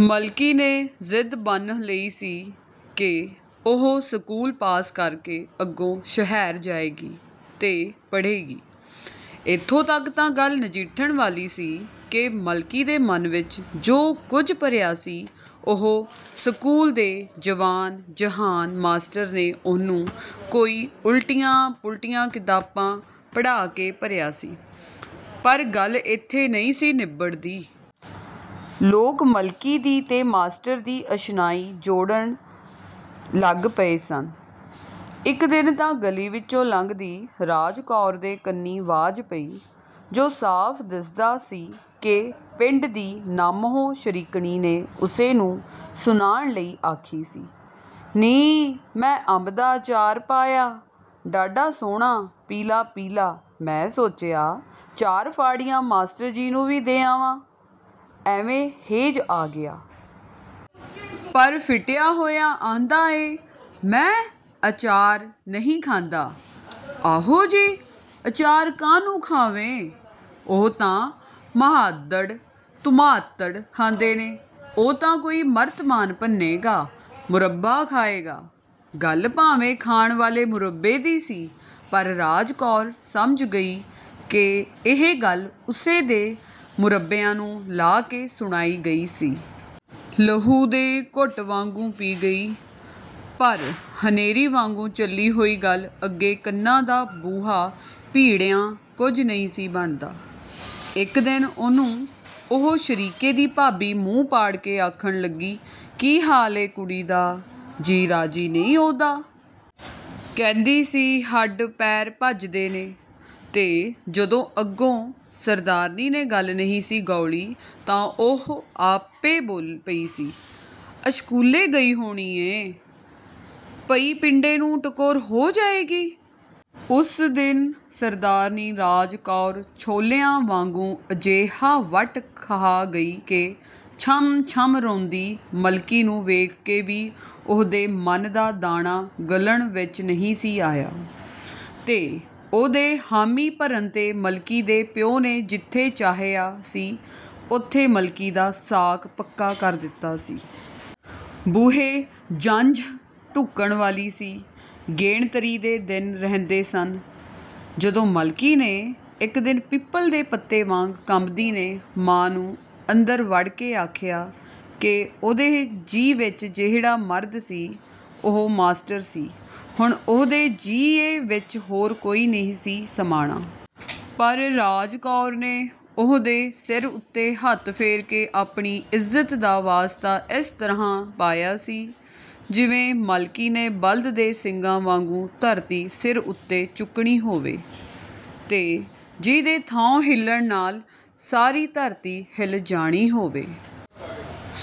ਮਲਕੀ ਨੇ ਜ਼ਿਦ ਬੰਨ੍ਹ ਲਈ ਸੀ ਕਿ ਉਹ ਸਕੂਲ ਪਾਸ ਕਰ ਕੇ ਅੱਗੋਂ ਸ਼ਹਿਰ ਜਾਏਗੀ, ਤੇ ਪੜ੍ਹੇਗੀ। ਏਥੋਂ ਤਕ ਤਾਂ ਗੱਲ ਨਜਿੱਠਣ ਵਾਲੀ ਸੀ ਕਿ ਮਲਕੀ ਦੇ ਮਨ ਵਿਚ ਜੋ ਕੁਝ ਭਰਿਆ ਸੀ, ਉਹ ਸਕੂਲ ਦੇ ਜਵਾਨ ਜਹਾਨ ਮਾਸਟਰ ਨੇ ਉਹਨੂੰ ਕੋਈ ਉਲਟੀਆਂ ਪੁਲਟੀਆਂ ਕਿਤਾਬਾਂ ਪੜ੍ਹਾ ਕੇ ਭਰਿਆ ਸੀ, ਪਰ ਗੱਲ ਏਥੇ ਨਹੀਂ ਸੀ ਨਿੱਬੜਦੀ। ਲੋਕ ਮਲਕੀ ਦੀ ਤੇ ਮਾਸਟਰ ਦੀ ਅਸ਼ਨਾਈ ਜੋੜਨ ਲੱਗ ਪਏ ਸਨ। ਇਕ ਦਿਨ ਤਾਂ ਗਲੀ ਵਿਚੋਂ ਲੰਘਦੀ ਰਾਜ ਕੌਰ ਦੇ ਕੰਨੀਂ ਵਾਜ ਪਈ, ਜੁ ਸਾਫ਼ ਦਿਸਦਾ ਸੀ ਕਿ ਪਿੰਡ ਦੀ ਨ੍ਹਾਮੋ ਸ਼ਰੀਕਣੀ ਨੇ ਉਸੇ ਨੂੰ ਸੁਨਾਣ ਲਈ ਆਖੀ ਸੀ "ਨੀ ਮੈਂ ਅੰਬ ਦਾ ਅਚਾਰ ਪਾਇਆ, ਡਾਢਾ ਸੋਹਣਾ ਪੀਲਾ ਪੀਲਾ, ਮੈਂ ਸੋਚਿਆ ਚਾਰ ਫਾੜੀਆਂ ਮਾਸਟਰ ਜੀ ਨੂੰ ਵੀ ਦੇ ਆਵਾਂ, ਐਵੇਂ ਹੇਜ ਆ ਗਿਆ। ਪਰ ਫਿਟਿਆ ਹੋਇਆ ਆਂਹਦਾ ਏ – ਮੈਂ ਅਚਾਰ ਨਹੀਂ ਖਾਂਦਾ। ਆਹੋ ਜੀ! ਅਚਾਰ ਕਾਹਨੂੰ ਖਾਵੇ, ਉਹ ਤਾਂ ਮ੍ਹਾਦੜ ਤੁਮ੍ਹਾਤੜ ਖਾਂਦੇ ਨੇ, ਉਹ ਤਾਂ ਕੋਈ ਮਰਤਬਾਨ ਭੰਨੇਗਾ, ਮੁਰੱਬਾ ਖਾਏਗਾ… " ਗੱਲ ਭਾਵੇਂ ਖਾਣ ਵਾਲੇ ਮੁਰੱਬੇ ਦੀ ਸੀ, ਪਰ ਰਾਜ ਕੌਰ ਸਮਝ ਗਈ ਕਿ ਇਹ ਗੱਲ ਉਸੇ ਦੇ ਮੁਰੱਬਿਆਂ ਨੂੰ ਲਾ ਕੇ ਸੁਣਾਈ ਗਈ ਸੀ। ਲਹੂ ਦੇ ਘੁੱਟ ਵਾਂਗੂੰ ਪੀ ਗਈ। ਪਰ ਹਨੇਰੀ ਵਾਂਗੂੰ ਚੱਲੀ ਹੋਈ ਗੱਲ ਅੱਗੇ ਕੰਨਾਂ ਦਾ ਬੂਹਾ ਭੀੜਿਆਂ ਕੁਝ ਨਹੀਂ ਸੀ ਬਣਦਾ। ਇਕ ਦਿਨ ਉਹਨੂੰ ਉਹ ਸ਼ਰੀਕੇ ਦੀ ਭਾਬੀ ਮੂੰਹ ਪਾੜ ਕੇ ਆਖਣ ਲੱਗੀ – "ਕੀ ਹਾਲ ਏ ਕੁੜੀ ਦਾ, ਜੀ ਰਾਜੀ ਨਹੀਂ ਉਹਦਾ? ਕਹਿੰਦੀ ਸੀ ਹੱਡ ਪੈਰ ਭੱਜਦੇ ਨੇ… " ਤੇ ਜਦੋਂ ਅੱਗੋਂ ਸਰਦਾਰਨੀ ਨੇ ਗੱਲ ਨਹੀਂ ਸੀ ਗੌਲੀ ਤਾਂ ਉਹ ਆਪੇ ਬੋਲ ਪਈ ਸੀ "ਅਸ਼ਕੂਲੇ ਗਈ ਹੋਣੀ ਏਂ – ਪਈ ਪਿੰਡੇ ਨੂੰ ਟਕੋਰ ਹੋ ਜਾਏਗੀ…? " ਉਸ ਦਿਨ ਸਰਦਾਰਨੀ ਰਾਜ ਕੌਰ ਛੋਲਿਆਂ ਵਾਂਗੂੰ ਅਜਿਹਾ ਵੱਟ ਖਆ ਗਈ ਕਿ ਛਮ ਛਮ ਰੋਂਦੀ ਮਲਕੀ ਨੂੰ ਵੇਖ ਕੇ ਵੀ ਉਹਦੇ ਮਨ ਦਾ ਦਾਣਾ ਗਲਣ ਵਿਚ ਨਹੀਂ ਸੀ ਆਇਆ। ਤੇ ਉਹਦੇ ਹਾਮੀ ਭਰਨ ਤੇ ਮਲਕੀ ਦੇ ਪਿਉ ਨੇ ਜਿਥੇ ਚਾਹਿਆ ਸੀ, ਉਥੇ ਮਲਕੀ ਦਾ ਸਾਕ ਪੱਕਾ ਕਰ ਦਿੱਤਾ ਸੀ। ਬੂਹੇ ਜੰਝ ਢੁੱਕਣ ਵਾਲੀ ਸੀ, ਗੇਣਤਰੀ ਦੇ ਦਿਨ ਰਹਿੰਦੇ ਸਨ, ਜਦੋਂ ਮਲਕੀ ਨੇ, ਇਕ ਦਿਨ ਪਿੱਪਲ ਦੇ ਪੱਤੇ ਵਾਂਗ ਕੰਬਦੀ ਨੇ, ਮਾਂ ਨੂੰ ਅੰਦਰ ਵੜ ਕੇ ਆਖਿਆ ਕਿ ਉਹਦੇ ਜੀਅ ਵਿਚ ਜਿਹੜਾ ਮਰਦ ਸੀ, ਉਹ ਮਾਸਟਰ ਸੀ, ਹੁਣ ਉਹਦੇ ਜੀਏ ਵਿਚ ਹੋਰ ਕੋਈ ਨਹੀਂ ਸੀ ਸਮਾਣਾ। ਪਰ ਰਾਜ ਕੌਰ ਨੇ ਉਹਦੇ ਸਿਰ ਉਤੇ ਹੱਥ ਫੇਰ ਕੇ ਆਪਣੀ ਇੱਜ਼ਤ ਦਾ ਵਾਸਤਾ ਇਸ ਤਰ੍ਹਾਂ ਪਾਇਆ ਸੀ – ਜਿਵੇਂ ਮਲਕੀ ਨੇ ਬਲਦ ਦੇ ਸਿੰਗਾਂ ਵਾਂਗੂੰ ਧਰਤੀ ਸਿਰ ਉਤੇ ਚੁੱਕਣੀ ਹੋਵੇ, ਤੇ ਜਿਹਦੇ ਥਾਉਂ ਹਿੱਲਣ ਨਾਲ ਸਾਰੀ ਧਰਤੀ ਹਿੱਲ ਜਾਣੀ ਹੋਵੇ।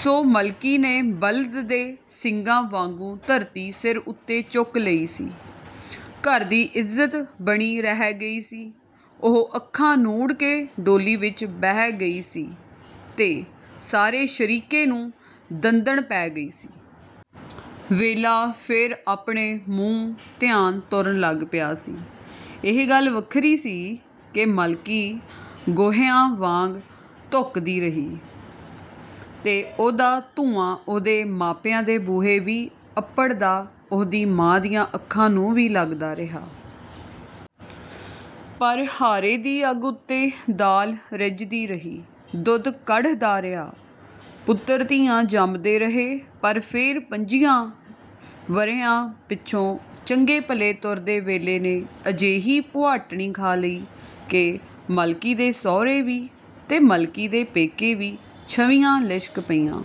ਸੋ ਮਲਕੀ ਨੇ ਬਲਦ ਦੇ ਸਿੰਗਾਂ ਵਾਂਗੂੰ ਧਰਤੀ ਸਿਰ ਉਤੇ ਚੁੱਕ ਲਈ ਸੀ। ਘਰ ਦੀ ਇੱਜ਼ਤ ਬਣੀ ਰਹਿ ਗਈ ਸੀ। ਉਹ ਅੱਖਾਂ ਨੂੜ ਕੇ ਡੋਲੀ ਵਿਚ ਬਹਿ ਗਈ ਸੀ ਤੇ ਸਾਰੇ ਸ਼ਰੀਕੇ ਨੂੰ ਦੰਦਣ ਪੈ ਗਈ ਸੀ। ਵੇਲਾ ਫੇਰ ਆਪਣੇ ਮੂੰਹ ਧਿਆਨ ਤੁਰਨ ਲੱਗ ਪਿਆ ਸੀ। ਇਹ ਗੱਲ ਵੱਖਰੀ ਸੀ ਕਿ ਮਲਕੀ ਗੋਹਿਆਂ ਵਾਂਗ ਧੁਖਦੀ ਰਹੀ, ਤੇ ਉਹਦਾ ਧੂੰਆਂ ਉਹਦੇ ਮਾਪਿਆਂ ਦੇ ਬੂਹੇ ਵੀ ਅੱਪੜਦਾ ਉਹਦੀ ਮਾਂ ਦੀਆਂ ਅੱਖਾਂ ਨੂੰ ਵੀ ਲਗਦਾ ਰਿਹਾ। ਪਰ ਹਾਰੇ ਦੀ ਅੱਗ ਉੱਤੇ ਦਾਲ ਰਿਝਦੀ ਰਹੀ, ਦੁਧ ਕੜ੍ਹਦਾ ਰਿਹਾ, ਪੁੱਤਰ ਧੀਆਂ ਜੰਮਦੇ ਰਹੇ.. ਪਰ ਫੇਰ ਪੰਝੀਆਂ ਵਰ੍ਹਿਆਂ ਪਿਛੋਂ ਚੰਗੇ ਭਲੇ ਤੁਰਦੇ ਵੇਲੇ ਨੇ ਅਜਿਹੀ ਭੁਆਟਣੀ ਖਾ ਲਈ ਕਿ ਮਲਕੀ ਦੇ ਸਹੁਰੇ ਵੀ ਤੇ ਮਲਕੀ ਦੇ ਪੇਕੇ ਵੀ ਛਵ੍ਹੀਆਂ ਲਿਸ਼ਕ ਪਈਆਂ।